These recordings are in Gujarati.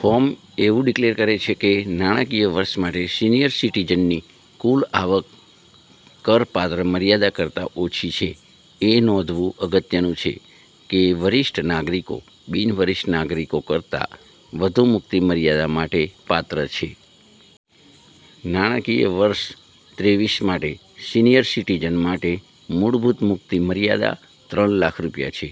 ફોર્મ એવું ડિક્લેર કરે છે કે નાણાકીય વર્ષ માટે સિનિયર સિટીઝનની કુલ આવક કરપાત્ર મર્યાદા કરતાં ઓછી છે. એ નોંધવું અગત્યનું છે કે વરિષ્ઠ નાગરિકો બિન-વરિષ્ઠ નાગરિકો કરતાં વધુ મુક્તિ મર્યાદા માટે પાત્ર છે. નાણાકીય વર્ષ ત્રેવીસ માટે, સિનિયર સિટીઝન માટે મૂળભૂત મુક્તિ મર્યાદા ત્રણ લાખ રૂપિયા છે,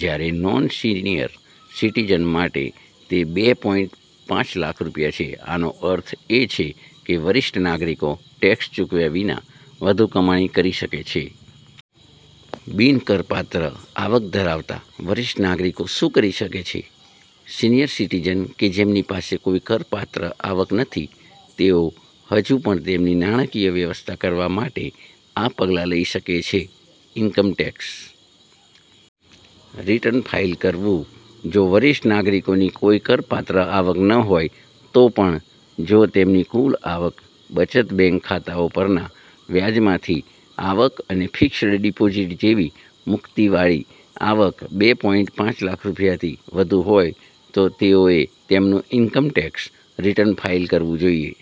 જ્યારે નોન-સિનિયર સિટીઝન માટે તે બે પોઈંટ પાંચ લાખ રૂપિયા છે. આનો અર્થ એ છે કે વરિષ્ઠ નાગરિકો ટેક્સ ચૂકવ્યા વિના વધુ કમાણી કરી શકે છે. બિન-કરપાત્ર આવક ધરાવતા વરિષ્ઠ નાગરિકો શું કરી શકે છે? સિનિયર સિટીઝન કે જેમની પાસે કોઈ કરપાત્ર આવક નથી તેઓ હજુ પણ તેમની નાણાકીય વ્યવસ્થા કરવા માટે આ પગલાં લઈ શકે છે. ઇન્કમ ટેક્સ રિટર્ન ફાઈલ કરવું જો વરિષ્ઠ નાગરિકોની કોઈ કરપાત્ર આવક ન હોય તો પણ, જો તેમની કુલ આવક, બચત બેંક ખાતાઓ પરના વ્યાજમાંથી આવક અને ફિક્સ્ડ ડિપોઝિટ જેવી મુક્તિવાળી આવક બે પોઈંટ પાંચ લાખ રૂપિયાથી વધુ હોય તો તેઓએ તેમનું ઈન્કમ ટેક્સ રિટર્ન ફાઈલ કરવું જોઈએ.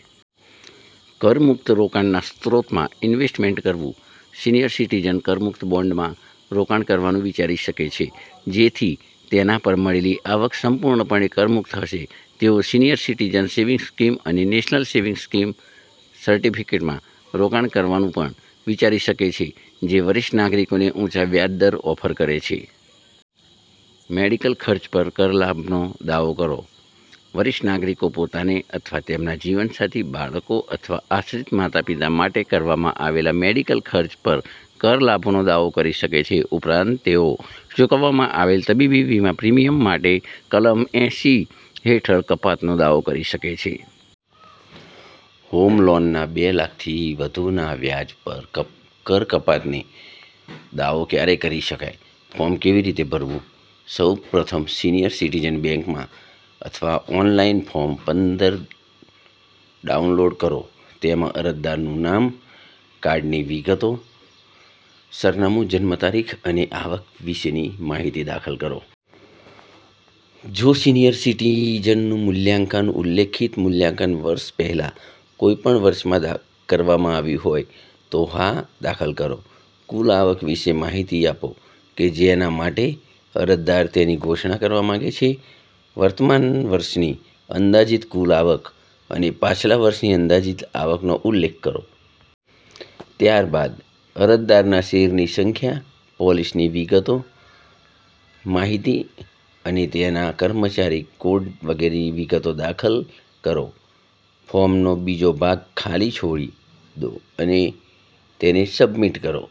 કરમુક્ત રોકાણના સ્ત્રોતમાં ઇન્વેસ્ટમંન્ટ કરવું, સિનિયર સિટીઝન કરમુક્ત બોન્ડમાં રોકાણ કરવાનું વિચારી શકે છે. જેથી તેના પર મળેલી આવક સંપૂર્ણપણે કરમુક્ત હશે. તેઓ સિનિયર સિટિઝન સેવિંગ્સ સ્કીમ અને નેશનલ સેવિંગ્સ સર્ટિફિકેટમાં રોકાણ કરવાનું પણ વિચારી શકે છે, જે વરિષ્ઠ નાગરિકોને ઊંચા વ્યાજ દર ઓફર કરે છે. મેડિકલ ખર્ચ પર કરલાભનો દાવો કરો. વરિષ્ઠ નાગરિકો પોતાને અથવા તેમના જીવનસાથી, બાળકો અથવા આશ્રિત માતાપિતા માટે કરવામાં આવેલા મેડિકલ ખર્ચ પર કર લાભોનો દાવો કરી શકે છે. ઉપરાંત, તેઓ ચૂકવવામાં આવેલ તબીબી વીમા પ્રીમિયમ માટે કલમ એંસી હેઠળ કપાતનો દાવો કરી શકે છે. હોમ લોનના બે લાખથી વધુના વ્યાજ પર કર કપાતનો દાવો ક્યારે કરી શકાય, ફોર્મ કેવી રીતે ભરવું? સૌપ્રથમ સિનિયર સિટીઝન બેંકમાંથી અથવા ઓનલાઈન ફોર્મ પંદર ડાઉનલોડ કરો. તેમાં અરજદારનું નામ, કાર્ડની વિગતો, સરનામું, જન્મ તારીખ અને આવક વિશેની માહિતી દાખલ કરો. જો સિનિયરસિટીઝનનું મૂલ્યાંકન ઉલ્લેખિત મૂલ્યાંકન વર્ષ પહેલા કોઈપણ વર્ષમાં કરવામાં આવ્યું હોય તો 'હા' દાખલ કરો. કુલ આવક વિશે માહિતી આપો કે જેના માટે અરજદાર તેની ઘોષણા કરવા માંગે છે. વર્તમાન વર્ષની અંદાજિત કુલ આવક અને પાછલા વર્ષની અંદાજિત આવકનો ઉલ્લેખ કરો. ત્યારબાદ અરજદારના શેરની સંખ્યા, પોલિસીની વિગતો, માહિતી અને તેના કર્મચારી કોડ વગેરેની વિગતો દાખલ કરો. ફોર્મનો બીજો ભાગ ખાલી છોડી દો અને તેને સબમિટ કરો.